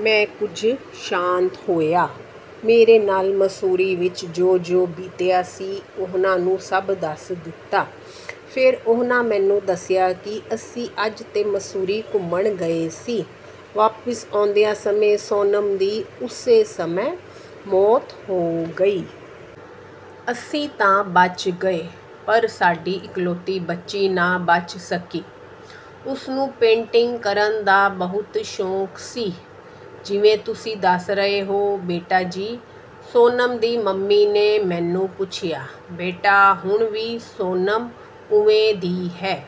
ਮੈਂ ਕੁਝ ਸ਼ਾਂਤ ਹੋਇਆ। ਮੇਰੇ ਨਾਲ ਮਸੂਰੀ ਵਿੱਚ ਜੋ-ਜੋ ਬੀਤਿਆ ਸੀ, ਉਹਨਾਂ ਨੂੰ ਸਭ ਦੱਸ ਦਿੱਤਾ। ਫੇਰ ਉਹਨਾਂ ਮੈਨੂੰ ਦੱਸਿਆ ਕਿ ਅਸੀਂ ਅੱਜ ਤੋਂ ਮਸੂਰੀ ਘੁੰਮਣ ਗਏ ਸੀ। ਵਾਪਸ ਆਉਂਦੇ ਸਮੇਂ ਸੋਨਮ ਦੀ ਉਸੇ ਸਮੇਂ ਮੌਤ ਹੋ ਗਈ। ਅਸੀਂ ਤਾਂ ਬਚ ਗਏ ਪਰ ਸਾਡੀ ਇਕਲੌਤੀ ਬੱਚੀ ਨਾ ਬਚ ਸਕੀ। ਉਸਨੂੰ ਪੇਂਟਿੰਗ ਕਰਨ ਦਾ ਬਹੁਤ ਸ਼ੌਂਕ ਸੀ। ਜਿਵੇਂ ਤੁਸੀਂ ਦੱਸ ਰਹੇ ਹੋ, ਬੇਟਾ ਜੀ। ਸੋਨਮ ਦੀ ਮੰਮੀ ਨੇ ਮੈਨੂੰ ਪੁੱਛਿਆ, "ਬੇਟਾ, ਹੁਣ ਵੀ ਸੋਨਮ ਓਵੇਂ ਦੀ ਹੈ?"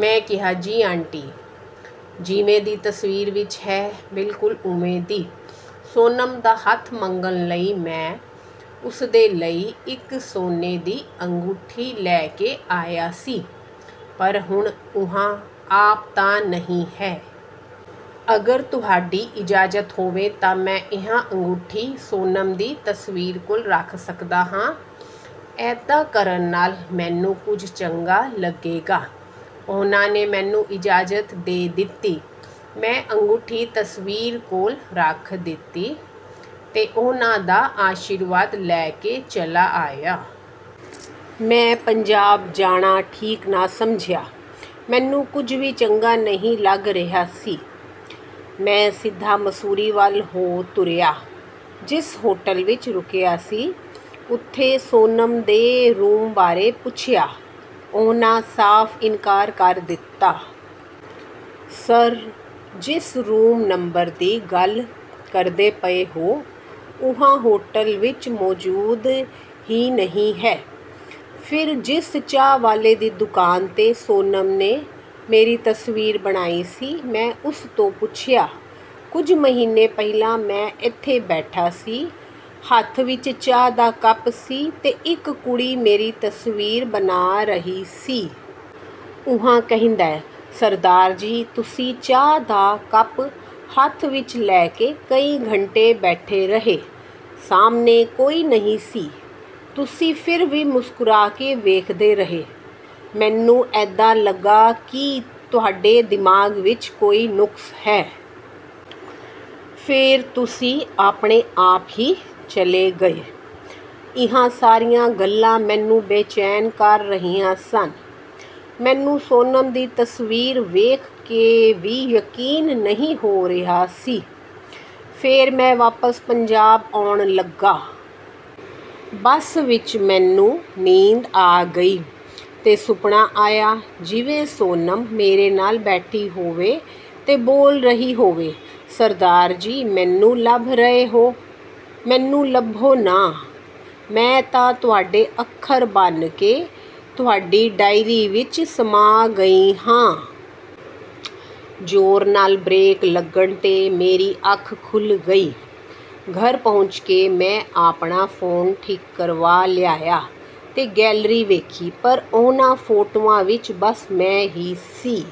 ਮੈਂ ਕਿਹਾ, "ਜੀ ਆਂਟੀ, ਜਿਵੇਂ ਦੀ ਤਸਵੀਰ ਵਿੱਚ ਹੈ, ਬਿਲਕੁਲ ਓਵੇਂ ਦੀ।" ਸੋਨਮ ਦਾ ਹੱਥ ਮੰਗਣ ਲਈ ਮੈਂ ਉਸਦੇ ਲਈ ਇੱਕ ਸੋਨੇ ਦੀ ਅੰਗੂਠੀ ਲੈ ਕੇ ਆਇਆ ਸੀ। ਪਰ ਹੁਣ ਉਹ ਆਪ ਤਾਂ ਨਹੀਂ ਹੈ। "ਅਗਰ ਤੁਹਾਡੀ ਇਜਾਜ਼ਤ ਹੋਵੇ ਤਾਂ ਮੈਂ ਇਹ ਅੰਗੂਠੀ ਸੋਨਮ ਦੀ ਤਸਵੀਰ ਕੋਲ ਰੱਖ ਸਕਦਾ ਹਾਂ। ਏਦਾਂ ਕਰਨ ਨਾਲ ਮੈਨੂੰ ਕੁਝ ਚੰਗਾ ਲੱਗੇਗਾ।" ਉਹਨਾਂ ਨੇ ਮੈਨੂੰ ਇਜਾਜ਼ਤ ਦੇ ਦਿੱਤੀ। ਮੈਂ ਅੰਗੂਠੀ ਤਸਵੀਰ ਕੋਲ ਰੱਖ ਦਿੱਤੀ ਤੇ ਉਹਨਾਂ ਦਾ ਆਸ਼ੀਰਵਾਦ ਲੈ ਕੇ ਚੱਲਾ ਆਇਆ। ਮੈਂ ਪੰਜਾਬ ਜਾਣਾ ਠੀਕ ਨਾ ਸਮਝਿਆ। ਮੈਨੂੰ ਕੁਝ ਵੀ ਚੰਗਾ ਨਹੀਂ ਲੱਗ ਰਿਹਾ ਸੀ। ਮੈਂ ਸਿੱਧਾ ਮਸੂਰੀ ਵੱਲ ਹੋ ਤੁਰਿਆ। ਜਿਸ ਹੋਟਲ ਵਿੱਚ ਰੁਕਿਆ ਸੀ, ਉੱਥੋਂ ਸੋਨਮ ਦੇ ਰੂਮ ਬਾਰੇ ਪੁੱਛਿਆ। ਉਹਨਾਂ ਸਾਫ਼ ਇਨਕਾਰ ਕਰ ਦਿੱਤਾ। "ਸਰ, ਜਿਸ ਰੂਮ ਨੰਬਰ ਦੀ ਗੱਲ ਕਰਦੇ ਪਏ ਹੋ, ਉਹ ਹੋਟਲ ਵਿੱਚ ਮੌਜੂਦ ਹੀ ਨਹੀਂ ਹੈ।" ਫਿਰ ਜਿਸ ਚਾਹ ਵਾਲੇ ਦੀ ਦੁਕਾਨ 'ਤੇ ਸੋਨਮ ਨੇ ਮੇਰੀ ਤਸਵੀਰ ਬਣਾਈ ਸੀ, ਮੈਂ ਉਸ ਤੋਂ ਪੁੱਛਿਆ, "ਕੁਝ ਮਹੀਨੇ ਪਹਿਲਾਂ ਮੈਂ ਏਥੇ ਬੈਠਾ ਸੀ, ਹੱਥ ਵਿੱਚ ਚਾਹ ਦਾ ਕੱਪ ਸੀ ਤੇ ਇੱਕ ਕੁੜੀ ਮੇਰੀ ਤਸਵੀਰ ਬਣਾ ਰਹੀ ਸੀ।" ਉਹ ਕਹਿੰਦਾ, "ਸਰਦਾਰ ਜੀ, ਤੁਸੀਂ ਚਾਹ ਦਾ ਕੱਪ ਹੱਥ ਵਿੱਚ ਲੈ ਕੇ ਕਈ ਘੰਟੇ ਬੈਠੇ ਰਹੇ। ਸਾਹਮਣੇ ਕੋਈ ਨਹੀਂ ਸੀ। ਤੁਸੀਂ ਫਿਰ ਵੀ ਮੁਸਕਰਾ ਕੇ ਵੇਖਦੇ ਰਹੇ। ਮੈਨੂੰ ਏਦਾਂ ਲੱਗਾ ਕਿ ਤੁਹਾਡੇ ਦਿਮਾਗ ਵਿੱਚ ਕੋਈ ਨੁਕਸ ਹੈ। ਫੇਰ ਤੁਸੀਂ ਆਪਣੇ ਆਪ ਹੀ ਚਲੇ ਗਏ।" ਇਹ ਸਾਰੀਆਂ ਗੱਲਾਂ ਮੈਨੂੰ ਬੇਚੈਨ ਕਰ ਰਹੀਆਂ ਸਨ। ਮੈਨੂੰ ਸੋਨਮ ਦੀ ਤਸਵੀਰ ਵੇਖ ਕੇ ਵੀ ਯਕੀਨ ਨਹੀਂ ਹੋ ਰਿਹਾ ਸੀ। ਫੇਰ ਮੈਂ ਵਾਪਸ ਪੰਜਾਬ ਆਉਣ ਲੱਗਾ। ਬੱਸ ਵਿੱਚ ਮੈਨੂੰ ਨੀਂਦ ਆ ਗਈ ਤੇ ਸੁਪਨਾ ਆਇਆ, ਜਿਵੇਂ ਸੋਨਮ ਮੇਰੇ ਨਾਲ ਬੈਠੀ ਹੋਵੇ ਤੇ ਬੋਲ ਰਹੀ ਹੋਵੇ। "ਸਰਦਾਰ ਜੀ, ਮੈਨੂੰ ਲੱਭ ਰਹੇ ਹੋ? ਮੈਨੂੰ ਲੱਭੋ ਨਾ। ਮੈਂ ਤਾਂ ਤੁਹਾਡੇ ਅੱਖਰ ਬਣ ਕੇ ਤੁਹਾਡੀ ਡਾਇਰੀ ਵਿੱਚ ਸਮਾ ਗਈ ਹਾਂ।" ਜ਼ੋਰ ਨਾਲ ਬਰੇਕ ਲੱਗਣ 'ਤੇ ਮੇਰੀ ਅੱਖ ਖੁੱਲ ਗਈ। ਘਰ ਪਹੁੰਚ ਕੇ ਮੈਂ ਆਪਣਾ ਫੋਨ ਠੀਕ ਕਰਵਾ ਲਿਆਇਆ ਤੇ ਗੈਲਰੀ ਵੇਖੀ, ਪਰ ਉਹਨਾਂ ਫੋਟੋਆਂ ਵਿੱਚ ਬਸ ਮੈਂ ਹੀ ਸੀ।